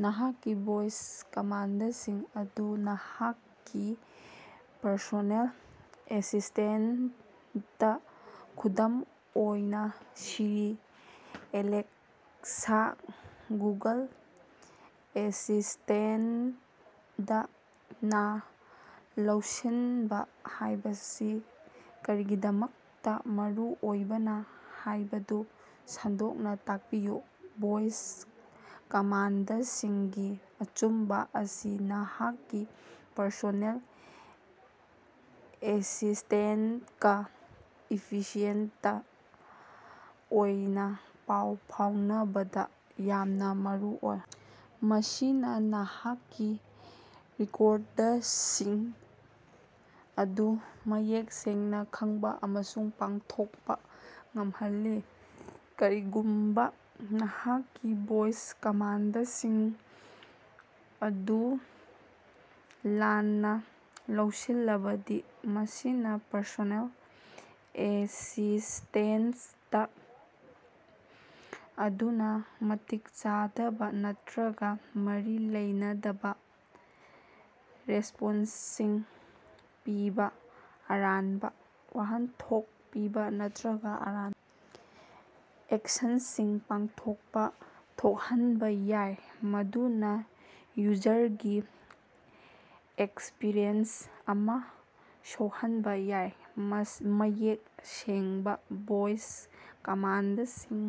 ꯅꯍꯥꯛꯀꯤ ꯚꯣꯏꯁ ꯀꯃꯥꯟꯗꯁꯤꯡ ꯑꯗꯨ ꯅꯍꯥꯛꯀꯤ ꯄꯔꯁꯣꯅꯦꯜ ꯑꯦꯁꯤꯁ꯭ꯇꯦꯟꯇ (ꯈꯨꯗꯝ ꯑꯣꯏꯅꯥ ꯁꯤꯔꯤ, ꯑꯦꯂꯦꯛꯁꯥ, ꯒꯨꯒꯜ ꯑꯦꯁꯤꯁ꯭ꯇꯦꯟꯇ)ꯅ ꯂꯧꯁꯤꯟꯕ ꯍꯥꯏꯕꯁꯤ ꯀꯔꯤꯒꯤꯗꯃꯛꯇ ꯃꯔꯨꯑꯣꯏꯕꯅ ꯍꯥꯏꯕꯗꯨ ꯁꯟꯗꯣꯛꯅ ꯇꯥꯛꯄꯤꯌꯨ꯫ ꯚꯣꯏꯁ ꯀꯃꯥꯟꯗꯁꯤꯡꯒꯤ ꯑꯆꯨꯝꯕ ꯑꯁꯤ ꯅꯍꯥꯛꯀꯤ ꯄꯔꯁꯣꯅꯦꯜ ꯑꯦꯁꯤꯁ꯭ꯇꯦꯟꯇꯀ ꯏꯐꯤꯁꯤꯑꯦꯟꯇ ꯑꯣꯏꯅ ꯄꯥꯎ ꯐꯥꯎꯅꯕꯗ ꯌꯥꯝꯅ ꯃꯔꯨꯑꯣꯏ꯫ ꯃꯁꯤꯅ ꯅꯍꯥꯛꯀꯤ ꯔꯤꯀꯣꯔꯗꯁꯤꯡ ꯑꯗꯨ ꯃꯌꯦꯛ ꯁꯦꯡꯅ ꯈꯪꯕ ꯑꯃꯁꯨꯡ ꯄꯥꯡꯊꯣꯛꯄ ꯉꯝꯍꯜꯂꯤ꯫ ꯀꯔꯤꯒꯨꯝꯕ ꯅꯍꯥꯛꯀꯤ ꯚꯣꯏꯁ ꯀꯃꯥꯟꯗꯁꯤꯡ ꯑꯗꯨ ꯂꯥꯟꯅ ꯂꯧꯁꯤꯜꯂꯕꯗꯤ ꯃꯁꯤꯅ ꯄꯔꯁꯣꯅꯦꯜ ꯑꯦꯁꯤꯁ꯭ꯇꯦꯟꯇ ꯑꯗꯨꯅ ꯃꯇꯤꯛ ꯆꯥꯗꯕ ꯅꯠꯇ꯭ꯔꯒ ꯃꯔꯤ ꯂꯩꯅꯗꯕ ꯔꯦꯁ꯭ꯄꯣꯟꯁꯁꯤꯡ ꯄꯤꯕ ꯑꯔꯥꯟꯕ ꯋꯥꯍꯟꯊꯣꯛ ꯄꯤꯕ ꯅꯠꯇ꯭ꯔꯒ ꯑꯔꯥꯟꯕ ꯑꯦꯛꯁꯟꯁꯤꯡ ꯄꯥꯡꯊꯣꯛꯄ ꯊꯣꯛꯍꯟꯕ ꯌꯥꯏ꯫ ꯃꯗꯨꯅ ꯌꯨꯖꯔꯒꯤ ꯑꯦꯛꯁꯄꯤꯔꯤꯑꯦꯟꯁ ꯑꯃ ꯁꯣꯛꯍꯟꯕ ꯌꯥꯏ꯫ ꯃꯌꯦꯛ ꯁꯦꯡꯕ ꯚꯣꯏꯁ ꯀꯃꯥꯟꯗꯁꯤꯡ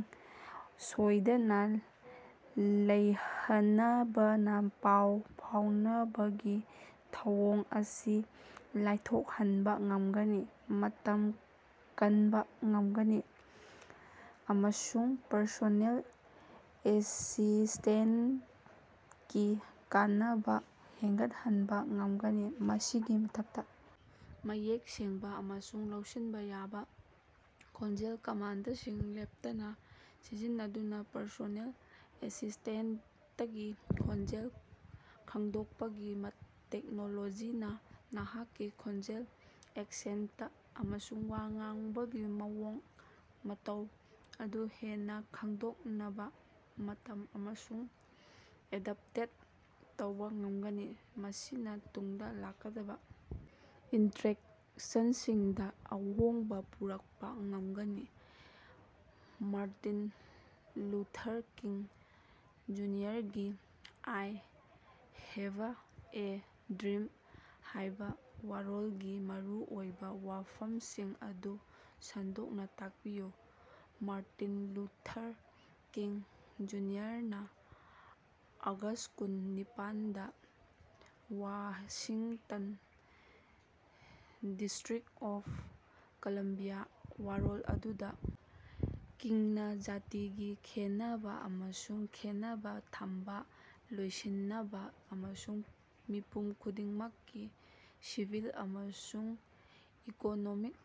ꯁꯣꯏꯗꯅ ꯂꯩꯍꯅꯕꯅ ꯄꯥꯎ ꯐꯥꯎꯅꯕꯒꯤ ꯊꯧꯑꯣꯡ ꯑꯁꯤ ꯂꯥꯏꯊꯣꯛꯍꯟꯕ ꯉꯝꯒꯅꯤ꯫ ꯃꯇꯝ ꯀꯟꯕ ꯉꯝꯒꯅꯤ꯫ ꯑꯃꯁꯨꯡ ꯄꯔꯁꯣꯅꯦꯜ ꯑꯦꯁꯤꯁ꯭ꯇꯦꯟꯇꯀꯤ ꯀꯥꯟꯅꯕ ꯍꯦꯟꯒꯠꯍꯟꯕ ꯉꯝꯒꯅꯤ꯫ ꯃꯁꯤꯒꯤ ꯃꯊꯛꯇ ꯃꯌꯦꯛ ꯁꯦꯡꯕ ꯑꯃꯁꯨꯡ ꯂꯧꯁꯤꯟꯕ ꯌꯥꯕ ꯈꯣꯟꯖꯦꯜ ꯀꯃꯥꯟꯗꯁꯤꯡ ꯂꯦꯞꯇꯅ ꯁꯤꯖꯤꯟꯅꯗꯨꯅ ꯄꯔꯁꯣꯅꯦꯜ ꯑꯦꯁꯤꯁ꯭ꯇꯦꯟꯇꯀꯤ ꯈꯣꯟꯖꯦꯜ ꯈꯪꯗꯣꯛꯄꯒꯤ ꯇꯦꯛꯅꯣꯂꯣꯖꯤꯅ ꯅꯍꯥꯛꯀꯤ ꯈꯣꯟꯖꯦꯜ, ꯑꯦꯛꯁꯦꯟꯇ ꯑꯃꯁꯨꯡ ꯋꯥ ꯉꯥꯡꯕꯒꯤ ꯃꯑꯣꯡ ꯃꯇꯧ ꯑꯗꯨ ꯍꯦꯟꯅ ꯈꯡꯗꯣꯛꯅꯕ ꯃꯇꯝ ꯑꯃꯁꯨꯡ ꯑꯦꯗꯞꯇꯦꯠ ꯇꯧꯕ ꯉꯝꯒꯅꯤ꯫ ꯃꯁꯤꯅ ꯇꯨꯡꯗ ꯂꯥꯛꯀꯗꯕ ꯏꯟꯇ꯭ꯔꯦꯛꯁꯟꯁꯤꯡꯗ ꯑꯍꯣꯡꯕ ꯄꯨꯔꯛꯄ ꯉꯝꯒꯅꯤ꯫ ꯃꯥꯔꯇꯤꯟ ꯂꯨꯊꯔ ꯀꯤꯡ, ꯖꯨꯅꯤꯌꯔꯒꯤ "ꯑꯥꯏ ꯍꯦꯚ ꯑꯦ ꯗ꯭ꯔꯤꯝ" ꯍꯥꯏꯕ ꯋꯥꯔꯣꯜꯒꯤ ꯃꯔꯨꯑꯣꯏꯕ ꯋꯥꯐꯝꯁꯤꯡ ꯑꯗꯨ ꯁꯟꯗꯣꯛꯅ ꯇꯥꯛꯄꯤꯌꯨ꯫ ꯃꯥꯔꯇꯤꯟ ꯂꯨꯊꯔ ꯀꯤꯡ ꯖꯨꯅꯤꯌꯔꯅ ꯑꯥꯒꯁ꯭ꯠ ꯀꯨꯟ ꯅꯤꯄꯥꯜ ꯗꯥ ꯋꯥꯁꯤꯡꯇꯟ ꯗꯤꯁꯇꯔ꯭ꯤꯛ ꯑꯣꯐ ꯀꯂꯝꯕꯤꯌꯥ ꯋꯥꯔꯣꯜ ꯑꯗꯨꯗ ꯀꯤꯡꯅ ꯖꯥꯇꯤꯒꯤ ꯈꯦꯟꯅꯕ ꯑꯃꯁꯨꯡ ꯈꯦꯟꯅꯕ ꯊꯝꯕ ꯂꯣꯏꯁꯤꯟꯅꯕ, ꯑꯃꯁꯨꯡ ꯃꯤꯄꯨꯝ ꯈꯨꯗꯤꯡꯃꯛꯀꯤ ꯁꯤꯚꯤꯜ ꯑꯃꯁꯨꯡ ꯏꯀꯣꯅꯣꯃꯤꯛ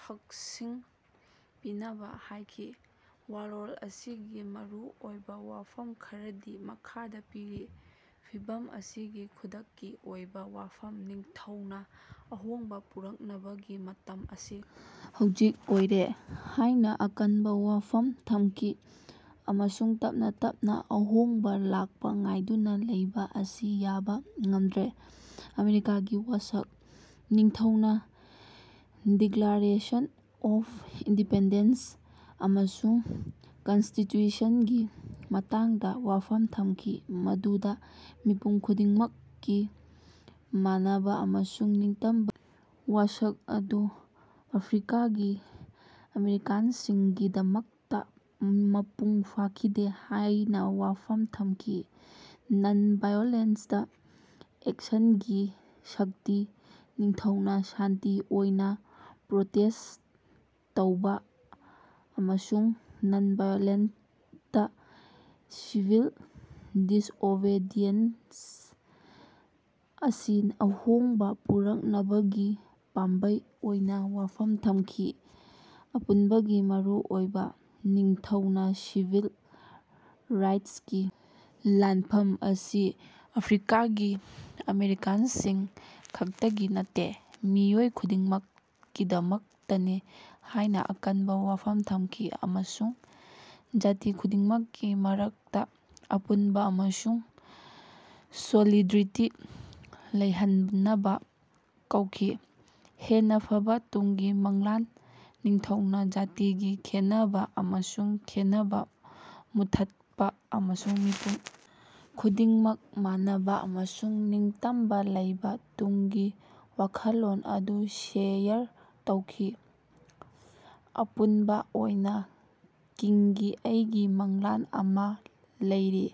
ꯍꯛꯁꯤꯡ ꯄꯤꯅꯕ ꯍꯥꯏꯈꯤ꯫ ꯋꯥꯔꯣꯜ ꯑꯁꯤꯒꯤ ꯃꯔꯨꯑꯣꯏꯕ ꯋꯥꯐꯝ ꯈꯔꯗꯤ ꯃꯈꯥꯗ ꯄꯤꯔꯤ: ꯐꯤꯚꯝ ꯑꯁꯤꯒꯤ ꯈꯨꯗꯛꯀꯤ ꯑꯣꯏꯕ ꯋꯥꯐꯝ: ꯅꯤꯡꯊꯧꯅ ꯑꯍꯣꯡꯕ ꯄꯨꯔꯛꯅꯕꯒꯤ ꯃꯇꯝ ꯑꯁꯤ ꯍꯧꯖꯤꯛ ꯑꯣꯏꯔꯦ ꯍꯥꯏꯅ ꯑꯀꯟꯕ ꯋꯥꯐꯝ ꯊꯝꯈꯤ꯫ ꯑꯃꯁꯨꯡ ꯇꯞꯅ ꯇꯞꯅ ꯑꯍꯣꯡꯕ ꯂꯥꯛꯄ ꯉꯥꯏꯗꯨꯅ ꯂꯩꯕ ꯑꯁꯤ ꯌꯥꯕ ꯉꯝꯗ꯭ꯔꯦ꯫ ꯑꯃꯦꯔꯤꯀꯥꯒꯤ ꯋꯥꯁꯛ: ꯅꯤꯡꯊꯧꯅ ꯗꯤꯛꯂꯥꯔꯦꯁꯟ ꯑꯣꯐ ꯏꯟꯗꯤꯄꯦꯟꯗꯦꯟꯁ ꯑꯃꯁꯨꯡ ꯀꯟꯁꯇꯤꯇ꯭ꯌꯨꯁꯟꯒꯤ ꯃꯇꯥꯡꯗ ꯋꯥꯐꯝ ꯊꯝꯈꯤ꯫ ꯃꯗꯨꯗ ꯃꯤꯄꯨꯝ ꯈꯨꯗꯤꯡꯃꯛꯀꯤ ꯃꯥꯟꯅꯕ ꯑꯃꯁꯨꯡ ꯅꯤꯡꯇꯝ ꯋꯥꯁꯛ ꯑꯗꯨ ꯑꯐ꯭ꯔꯤꯀꯥꯒꯤ ꯑꯃꯦꯔꯤꯀꯥꯟꯁꯤꯡꯒꯤꯗꯃꯛꯇ ꯃꯄꯨꯡ ꯐꯥꯈꯤꯗꯦ ꯍꯥꯏꯅ ꯋꯥꯐꯝ ꯊꯝꯈꯤ꯫ ꯅꯟ-ꯚꯥꯏꯑꯣꯂꯦꯟꯁꯇ ꯑꯦꯛꯁꯟꯒꯤ ꯁꯛꯇꯤ: ꯅꯤꯡꯊꯧꯅ ꯁꯥꯟꯇꯤ ꯑꯣꯏꯅ ꯄ꯭ꯔꯣꯇꯦꯁ꯭ꯠ ꯇꯧꯕ ꯑꯃꯁꯨꯡ ꯅꯟ-ꯚꯥꯏꯑꯣꯂꯦꯟꯇ ꯁꯤꯚꯤꯜ ꯗꯤꯁꯑꯣꯕꯦꯗꯤꯌꯦꯟꯁ ꯑꯁꯤ ꯑꯍꯣꯡꯕ ꯄꯨꯔꯛꯅꯕꯒꯤ ꯄꯥꯝꯕꯩ ꯑꯣꯏꯅ ꯋꯥꯐꯝ ꯊꯝꯈꯤ꯫ ꯑꯄꯨꯟꯕꯒꯤ ꯃꯔꯨꯑꯣꯏꯕ: ꯅꯤꯡꯊꯧꯅ ꯁꯤꯚꯤꯜ ꯔꯥꯏꯠꯁꯀꯤ ꯂꯥꯟꯐꯝ ꯑꯁꯤ ꯑꯐ꯭ꯔꯤꯀꯥꯒꯤ ꯑꯃꯦꯔꯤꯀꯥꯟꯁꯤꯡ ꯈꯛꯇꯒꯤ ꯅꯠꯇꯦ꯫ ꯃꯤꯑꯣꯏ ꯈꯨꯗꯤꯡꯃꯛꯀꯤꯗꯃꯛꯇꯅꯤ ꯍꯥꯏꯅ ꯑꯀꯟꯕ ꯋꯥꯐꯝ ꯊꯝꯈꯤ꯫ ꯑꯃꯁꯨꯡ ꯖꯥꯇꯤ ꯈꯨꯗꯤꯡꯃꯛꯀꯤ ꯃꯔꯛꯇ ꯑꯄꯨꯟꯕ ꯑꯃꯁꯨꯡ ꯁꯣꯂꯤꯗ꯭ꯔꯤꯇꯤ ꯂꯩꯍꯟꯅꯕ ꯀꯧꯈꯤ꯫ ꯍꯦꯟꯅ ꯐꯕ ꯇꯨꯡꯒꯤ ꯃꯪꯂꯥꯟ: ꯅꯤꯡꯊꯧꯅ ꯖꯥꯇꯤꯒꯤ ꯈꯦꯟꯅꯕ ꯑꯃꯁꯨꯡ ꯈꯦꯟꯅꯕ ꯃꯨꯠꯊꯠꯄ ꯑꯃꯁꯨꯡ ꯃꯤꯄꯨꯝ ꯈꯨꯗꯤꯡꯃꯛ ꯃꯥꯟꯅꯕ ꯑꯃꯁꯨꯡ ꯅꯤꯡꯇꯝꯕ ꯂꯩꯕ ꯇꯨꯡꯒꯤ ꯋꯥꯈꯜꯂꯣꯟ ꯑꯗꯨ ꯁꯦꯌꯔ ꯇꯧꯈꯤ꯫ ꯑꯄꯨꯟꯕ ꯑꯣꯏꯅꯥ, ꯀꯤꯡꯒꯤ "ꯑꯩꯒꯤ ꯃꯪꯂꯥꯟ ꯑꯃꯥ ꯂꯩꯔꯤ"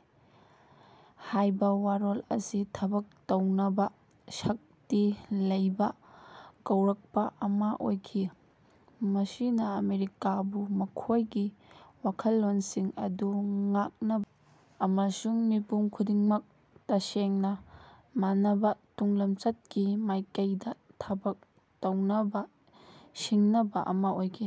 ꯍꯥꯏꯕ ꯋꯥꯔꯣꯜ ꯑꯁꯤ ꯊꯕꯛ ꯇꯧꯅꯕ ꯁꯛꯇꯤ ꯂꯩꯕꯥ ꯀꯧꯔꯛꯄ ꯑꯃꯥ ꯑꯣꯏꯈꯤ꯫ ꯃꯁꯤꯅ ꯑꯃꯦꯔꯤꯀꯥꯕꯨ ꯃꯈꯣꯏꯒꯤ ꯋꯥꯈꯜꯂꯣꯟꯁꯤꯡ ꯑꯗꯨ ꯉꯥꯛꯅ ꯑꯃꯁꯨꯡ ꯃꯤꯄꯨꯝ ꯈꯨꯗꯤꯡꯃꯛ ꯇꯁꯦꯡꯅ ꯃꯥꯟꯅꯕ ꯇꯨꯡꯂꯝꯆꯠꯀꯤ ꯃꯥꯏꯀꯩꯗ ꯊꯕꯛ ꯇꯧꯅꯕ ꯁꯤꯡꯅꯕ ꯑꯃ ꯑꯣꯏꯈꯤ꯫